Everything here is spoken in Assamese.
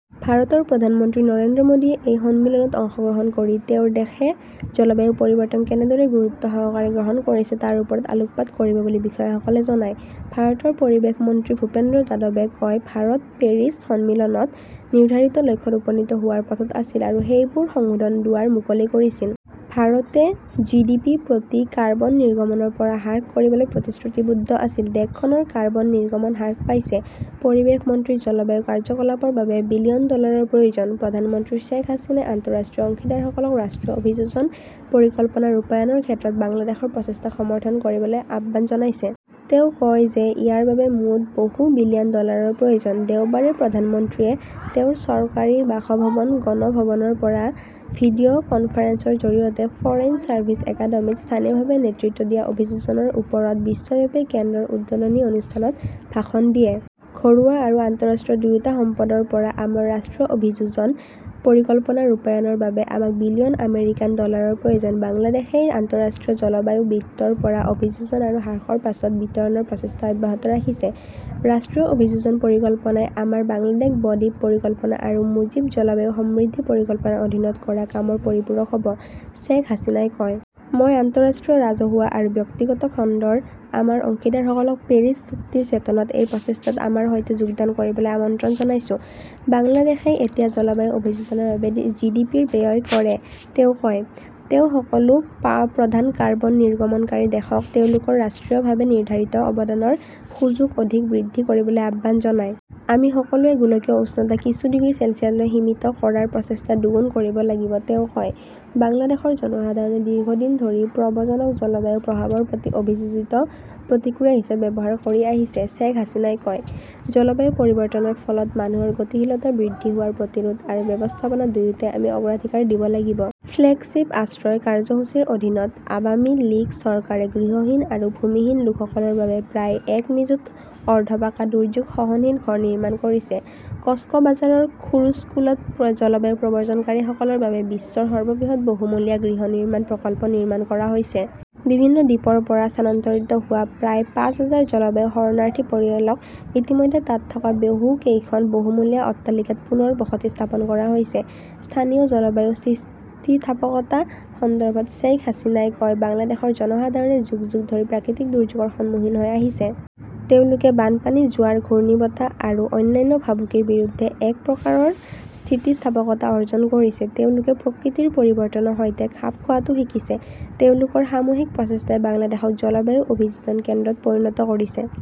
ভাৰতৰ প্ৰধানমন্ত্ৰী নৰেন্দ্ৰ মোদীয়ে এই সন্মিলনত অংশগ্ৰহণ কৰি তেওঁৰ দেশে জলবায়ু পৰিৱৰ্তন কেনেদৰে গুৰুত্বসহকাৰে গ্ৰহণ কৰিছে তাৰ ওপৰত আলোকপাত কৰিব বুলি বিষয়াসকলে জনায়। ভাৰতৰ পৰিৱেশ মন্ত্ৰী ভূপেন্দ্ৰ যাদৱে কয়, "ভাৰতে পেৰিছ সন্মিলনত নিৰ্ধাৰিত লক্ষ্যত উপনীত হোৱাৰ পথত আছিল আৰু সেইবোৰ সংশোধনৰ দুৱাৰ মুকলি ৰাখিছিল। "ভাৰতে জিডিপি-প্ৰতি কাৰ্বন নিৰ্গমনৰ পৰা হ্ৰাস কৰিবলৈ প্ৰতিশ্ৰুতিবদ্ধ আছিল। দেশখনৰ কাৰ্বন নিৰ্গমন হ্ৰাস পাইছে। পৰিৱেশ মন্ত্ৰীঃ জলবায়ু কাৰ্যকলাপৰ বাবে বিলিয়ন ডলাৰৰ প্ৰয়োজন প্ৰধানমন্ত্ৰী শ্বেখ হাছিনাই আন্তঃৰাষ্ট্ৰীয় অংশীদাৰসকলক ৰাষ্ট্ৰীয় অভিযোজন পৰিকল্পনা ৰূপায়ণৰ ক্ষেত্ৰত বাংলাদেশৰ প্ৰচেষ্টাক সমৰ্থন কৰিবলৈ আহ্বান জনাইছে। তেওঁ কয় যে ইয়াৰ বাবে মুঠ বহু বিলিয়ন ডলাৰৰ প্ৰয়োজন। দেওবাৰে প্ৰধানমন্ত্ৰীয়ে তেওঁৰ চৰকাৰী বাসভৱন গণভৱনৰ পৰা ভিডিঅ 'কনফাৰেন্সৰ জৰিয়তে ফৰেইন চাৰ্ভিচ একাডেমীত "স্থানীয়ভাৱে নেতৃত্ব দিয়া অভিযোজনৰ ওপৰত বিশ্বব্যাপী কেন্দ্ৰ" ৰ উদ্বোধনী অনুষ্ঠানত ভাষণ দিয়ে। "ঘৰুৱা আৰু আন্তঃৰাষ্ট্ৰীয় দুয়োটা সম্পদৰ পৰা আমাৰ ৰাষ্ট্ৰীয় অভিযোজন পৰিকল্পনা ৰূপায়ণৰ বাবে আমাক বিলিয়ন আমেৰিকান ডলাৰৰ প্ৰয়োজন। বাংলাদেশই আন্তঃৰাষ্ট্ৰীয় জলবায়ু বিত্তৰ পৰা অভিযোজন আৰু হ্ৰাসৰ মাজত বিতৰণৰ প্ৰচেষ্টা অব্যাহত ৰাখিছে। "ৰাষ্ট্ৰীয় অভিযোজন পৰিকল্পনাই আমাৰ বাংলাদেশ ব-দ্বীপ পৰিকল্পনা আৰু মুজীব জলবায়ু সমৃদ্ধি পৰিকল্পনাৰ অধীনত কৰা কামৰ পৰিপূৰক হ'ব ", শ্বেখ হাছিনাই কয়। মই আন্তঃৰাষ্ট্ৰীয় ৰাজহুৱা আৰু ব্যক্তিগত খণ্ডৰ আমাৰ অংশীদাৰসকলক পেৰিছ চুক্তিৰ চেতনাত এই প্ৰচেষ্টাত আমাৰ সৈতে যোগদান কৰিবলৈ আমন্ত্ৰণ জনাইছো। "বাংলাদেশই এতিয়া জলবায়ু অভিযোজনৰ বাবে জিডিপিৰ ব্যয় কৰে", তেওঁ কয়। "তেওঁ সকলো প্ৰধান কাৰ্বন নিৰ্গমনকাৰী দেশক তেওঁলোকৰ ৰাষ্ট্ৰীয়ভাৱে নিৰ্ধাৰিত অৱদানৰ সুযোগ অধিক বৃদ্ধি কৰিবলৈ আহ্বান জনায়। "আমি সকলোৱে গোলকীয় উষ্ণতা কিছু ডিগ্ৰী চেলছিয়াছলৈ সীমিত কৰাৰ প্ৰচেষ্টা দুগুণ কৰিব লাগিব", তেওঁ কয়। "বাংলাদেশৰ জনসাধাৰণে দীৰ্ঘদিন ধৰি প্ৰব্ৰজনক জলবায়ু প্ৰভাৱৰ প্ৰতি অভিযোজিত প্ৰতিক্ৰিয়া হিচাপে ব্যৱহাৰ কৰি আহিছে", শ্বেখ হাছিনাই কয়। জলবায়ু পৰিৱৰ্তনৰ ফলত মানুহৰ গতিশীলতা বৃদ্ধি হোৱাৰ প্ৰতিৰোধ আৰু ব্যৱস্থাপনা দুয়োটাই আমি অগ্ৰাধিকাৰ দিব লাগিব। "ফ্লেগশ্বিপ আশ্ৰয় কাৰ্যসূচীৰ অধীনত আৱামী লীগ চৰকাৰে গৃহহীন আৰু ভূমিহীন লোকসকলৰ বাবে প্ৰায় এক নিযুত অৰ্ধ-পাকা দুৰ্যোগ সহনশীল ঘৰ নিৰ্মাণ কৰিছে। কক্সবাজাৰৰ খুৰুছকুলত জলবায়ু প্ৰব্ৰজনকাৰীসকলৰ বাবে বিশ্বৰ সৰ্ববৃহৎ বহুমহলীয়া গৃহ নিৰ্মাণ প্ৰকল্প নিৰ্মাণ কৰা হৈছে। বিভিন্ন দ্বীপৰ পৰা স্থানান্তৰিত হোৱা প্ৰায় পাঁচ হাজাৰ জলবায়ু শৰণাৰ্থী পৰিয়ালক ইতিমধ্যে তাত থকা বহু কেইখন বহুমহলীয়া অট্টালিকাত পুনৰ বসতি স্থাপন কৰা হৈছে। স্থানীয় জলবায়ু স্থিতিস্থাপকতা সন্দৰ্ভত শ্বেইখ হাছিনাই কয়, "বাংলাদেশৰ জনসাধাৰণে যুগ যুগ ধৰি প্ৰাকৃতিক দুৰ্যোগৰ সন্মুখীন হৈ আহিছে। তেওঁলোকে বানপানী, জোৱাৰ, ঘূৰ্ণীবতাহ আৰু অন্যান্য ভাবুকিৰ বিৰুদ্ধে এক প্ৰকাৰৰ স্থিতিস্থাপকতা অৰ্জন কৰিছে। তেওঁলোকে প্ৰকৃতিৰ পৰিৱৰ্তনৰ সৈতে খাপ খোৱাটো শিকিছে। তেওঁলোকৰ সামূহিক প্ৰচেষ্টাই বাংলাদেশক জলবায়ু অভিযোজন কেন্দ্ৰত পৰিণত কৰিছে।"